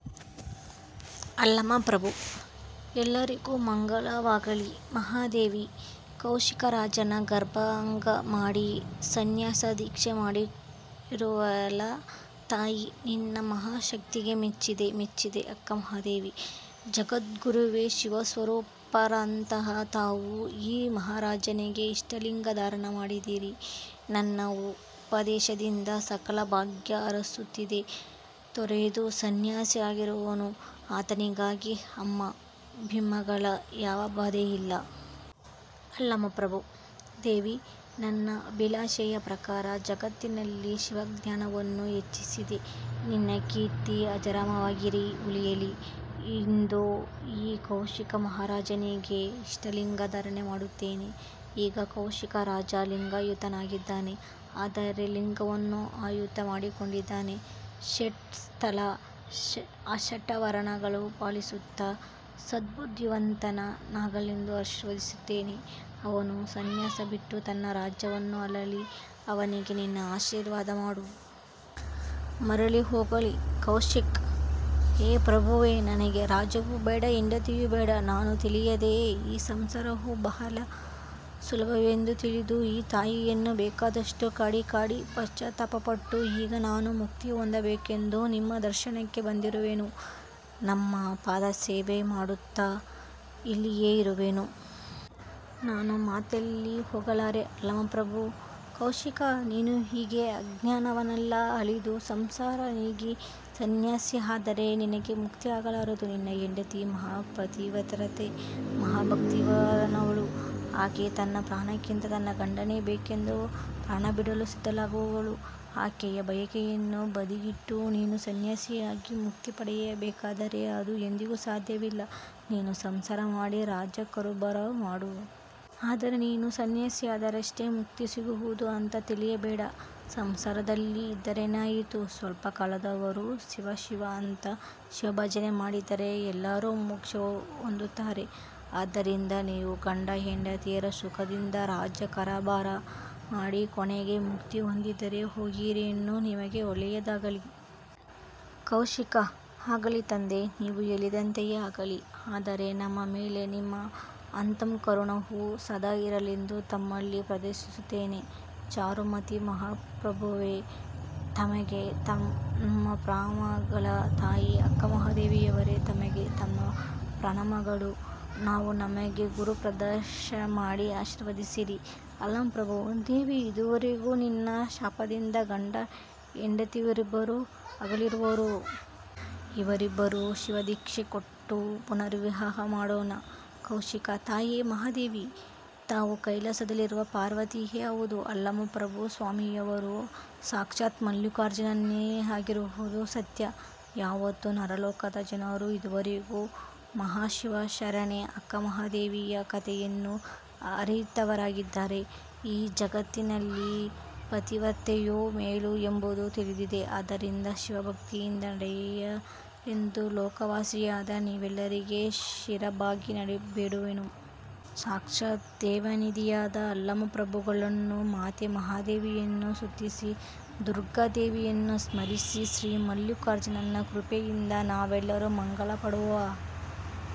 ಅಲ್ಲಮಪ್ರಭು: ಎಲ್ಲರಿಗೂ ಮಂಗಲವಾಗಲಿ! ಮಹಾದೇವಿ, ಕೌಶಿಕ ರಾಜನ ಗರ್ವಭಂಗಮಾಡಿ, ಸಂನ್ಯಾಸ ದೀಕ್ಷೆ ಕೊಟ್ಟಿರುವೆಯಲ್ಲ ತಾಯಿ. ನಿನ್ನ ಮಹಾಶಕ್ತಿಗೆ ಮೆಚ್ಚಿದೆ, ಮೆಚ್ಚಿದೆ. ಅಕ್ಕಮಹಾದೇವಿ: ಜಗದ್ಗುರುವೆ, ಶಿವಸ್ವರೂಪರಾದಂಥಾ ತಾವು ಈ ಮಹಾರಾಜನಿಗೆ ಇಷ್ಟಲಿಂಗ ಧಾರಣ ಮಾಡಿರಿ. ನನ್ನ ಉಪದೇಶದಿಂದ ಸಕಲ ಭಾಗ್ಯ ಅರಸೊತ್ತಿಗೆ ತೊರೆದು ಸಂನ್ಯಾಸಿ ಆಗಿರುವನು. ಆತನಿಗೀಗ ಹಮ್ಮು: ಬಿಮ್ಮುಗಳ ಯಾವ ಬಾಧೆಯಿಲ್ಲ. ಅಲ್ಲಮಪ್ರಭು: ದೇವಿ, ನನ್ನ ಅಭಿಲಾಷೆಯ ಪ್ರಕಾರ ಜಗತ್ತಿನಲ್ಲಿ ಶಿವಜ್ಞಾನವನ್ನು ಹೆಚ್ಚಿಸಿದಿ. ನಿನ್ನ ಕೀರ್ತಿ ಅಜರಾಮರವಾಗಿ ಉಳಿಯಲಿ! ಇದೋ ಈ ಕೌಶಿಕ ಮಹಾರಾಜನಿಗೆ ಇಷ್ಟಲಿಂಗಧಾರಣೆ ಮಾಡುತ್ತೇನೆ. ಈಗ ಕೌಶಿಕರಾಜ ಲಿಂಗಾಯತನಾಗಿದ್ದಾನೆ. ಅಂದರೆ ಲಿಂಗವನ್ನು ಆಯುತ ಮಾಡಿಕೊಂಡಿದ್ದಾನೆ. ಷಟ್ ಸ್ಥಲ, ಅಷ್ಟಾವರಣಗಳನ್ನು ಪಾಲಿಸುತ್ತ ಸದ್ಬುದ್ಧಿವಂತ ನಾಗಲೆಂದು ಆಶೀರ್ವದಿಸಿದ್ದೇನೆ. ಅವನು ಸಂನ್ಯಾಸ ಬಿಟ್ಟು ತನ್ನ ರಾಜ್ಯವನ್ನು ಆಳಲಿ ಅವನಿಗೆ ನೀನೇ ಆಶೀರ್ವಾದ ಮಾಡು. ಮರಳಿ ಹೋಗಲಿ. ಕೌಶಿಕ: ಹೇ ಪ್ರಭುವೇ, ನನಗೆ ರಾಜ್ಯವು ಬೇಡಾ. ಹೆಂಡತಿಯು ಬೇಡಾ. ನಾನು ತಿಳಿಯದೇ, ಈ ಸಂಸಾರವು ಬಹಳೇ ಸುಲಭವೆಂದು ತಿಳಿದು ಈ ತಾಯಿಯನ್ನು ಬೇಕಾದಷ್ಟು ಕಾಡಿಕಾಡಿ ಪಶ್ಚಾತ್ತಾಪಪಟ್ಟು, ಈಗ ನಾನು ಮುಕ್ತಿ ಹೊಂದಬೇಕೆಂದು ನಿಮ್ಮ ದರ್ಶನಕ್ಕೆ ಬಂದಿರುವೆನು. ನಮ್ಮ ಪಾದಸೇವೆ ಮಾಡುತ್ತ ಇಲ್ಲಿಯೇ ಇರುವೆನು. ನಾನು ಮತ್ತೆಲ್ಲಿ ಹೋಗಲಾರೆ. ಅಲ್ಲಮಪ್ರಭು: ಕೌಶಿಕಾ, ನೀನು ಹೀಗೆ ಅಜ್ಞಾನವನ್ನೆಲ್ಲಾ ಅಳಿದು ಸಂಸಾರ ನೀಗಿ ಸಂನ್ಯಾಸಿ ಆದರೆ ನಿನಗೆ ಮುಕ್ತಿ ಆಗಲಾರದು. ನಿನ್ನ ಹೆಂಡತಿ ಮಹಾಪತಿವ್ರತೆ, ಮಹಾಭಕ್ತಿವಾನಳು. ಆಕೆಯು ತನ್ನ ಪ್ರಾಣಕ್ಕಿಂತ ತನ್ನ ಗಂಡನೇ ಬೇಕೆಂದು ಪ್ರಾಣಬಿಡಲು ಸಿದ್ಧಳಾದವಳು. ಆಕೆಯ ಬಯಕೆಯನ್ನು ಬದಿಗಿಟ್ಟು, ನೀನು ಸಂನ್ಯಾಸಿಯಾಗಿ ಮುಕ್ತಿ ಪಡೆಯಬೇಕಾದರೆ ಅದು ಎಂದಿಗೂ ಸಾಧ್ಯವಿಲ್ಲ, ನೀನು ಸಂಸಾರ ಮಾಡಿ ರಾಜ್ಯ ಕಾರುಭಾರು ಮಾಡು. ಅಂದರೆ ನೀನು ಸಂನ್ಯಾಸಿಯಾದರಷ್ಟೇ ಮುಕ್ತಿ ಸಿಗುವುದು ಅಂತಾ ತಿಳಿಯಬೇಡಾ. ಸಂಸಾರದಲ್ಲಿ ಇದ್ದರೇನಾಯಿತು? ಸ್ವಲ್ಪ ಕಾಲವಾದರೂ ಶಿವಶಿವಾ ಅಂತಾ ಶಿವ ಭಜನೆ ಮಾಡಿದರೆ ಎಲ್ಲರೂ ಮೋಕ್ಷ ಹೊಂದುತ್ತಾರೆ. ಆದ್ದರಿಂದ ನೀವು ಗಂಡ: ಹೆಂಡತಿಯರು ಸುಖದಿಂದ ರಾಜ್ಯ ಕಾರಭಾರ ಮಾಡಿ ಕೊನೆಗೆ ಮುಕ್ತಿ ಹೊಂದಿರಿ. ಹೋಗಿರಿನ್ನು ನಿಮಗೆ ಒಳ್ಳೆಯದಾಗಲಿ! ಕೌಶಿಕ: ಆಗಲಿ ತಂದೇ, ನೀವು ಹೇಳಿದಂತೆಯೇ ಆಗಲಿ. ಆದರೆ ನಮ್ಮ ಮೇಲೆ ನಿಮ್ಮ ಅಂತಃಕರುಣವು ಸದಾ ಇರಲೆಂದು ತಮ್ಮಲ್ಲಿ ಪ್ರಾರ್ಥಿಸುತ್ತೇನೆ. ಚಾರುಮತಿ: ಮಹಾಪ್ರಭುವೆ ತಮಗೆ ನಮ್ಮ ಪ್ರಣಾಮಗಳು. ತಾಯಿ ಅಕ್ಕಮಹಾದೇವಿಯವರೇ ತಮಗೆ ನಮ್ಮ ಪ್ರಣಾಮಗಳು. ತಾವು ನಮಗೆ ಗುರುಪದೇಶ ಮಾಡಿ ಆಶೀರ್ವದಿಸಿರಿ. ಅಲ್ಲಮಪ್ರಭು: ದೇವಿ, ಇದುವರೆಗೂ ನಿನ್ನ ಶಾಪದಿಂದ ಗಂಡ ಹೆಂಡತಿಯರಿಬ್ಬರೂ ಅಗಲಿರುವರು. ಇವರಿಬ್ಬರಿಗೂ ಶಿವದೀಕ್ಷೆ ಕೊಟ್ಟು ಪುನರ್ವಿವಾಹ ಮಾಡೋಣ. ಕೌಶಿಕ: ತಾಯೆ ಮಹಾದೇವಿ, ತಾವು ಕೈಲಾಸದಲ್ಲಿರುವ ಪಾರ್ವತಿಯೇ ಹೌದು. ಅಲ್ಲಮಪ್ರಭು ಸ್ವಾಮಿಯವರು ಸಾಕ್ಷಾತ್ ಮಲ್ಲಿಕಾರ್ಜುನನೇ ಆಗಿರುವುದು ಸತ್ಯ. ಯಾವತ್ತು ನರಲೋಕದ ಜನರು ಇದುವರೆಗೂ ಮಹಾಶಿವಶರಣೆ ಅಕ್ಕಮಹಾದೇವಿಯ ಕಥೆಯನ್ನು ಅರಿತವರಾಗಿದ್ದಾರೆ. ಈ ಜಗತ್ತಿನಲ್ಲಿ ಪಾತಿವ್ರತ್ಯವೇ ಮೇಲು ಎಂಬುದು ತಿಳಿದಿದೆ. ಆದ್ದರಿಂದ ಶಿವಭಕ್ತಿಯಿಂದ ನಡೆಯಿರೆಂದು ಲೋಕವಾಸಿಯಾದ ನಿಮ್ಮೆಲ್ಲರಿಗೆ ಶಿರಬಾಗಿ ಬೇಡುವೆನು. ಸಾಕ್ಷಾತ್ ದೇವನಿಧಿಯಾದ ಅಲ್ಲಮಪ್ರಭುಗಳನ್ನು, ಮಾತೆ ಮಹಾದೇವಿಯನ್ನು ಸ್ತುತಿಸಿ, ದುರ್ಗಾ ದೇವಿಯನ್ನು ಸ್ಮರಿಸಿ, ಶ್ರೀ ಮಲ್ಲಿಕಾರ್ಜುನನ ಕೃಪೆಯಿಂದ ನಾವೆಲ್ಲರೂ ಮಂಗಲ ಪಾಡುವಾ.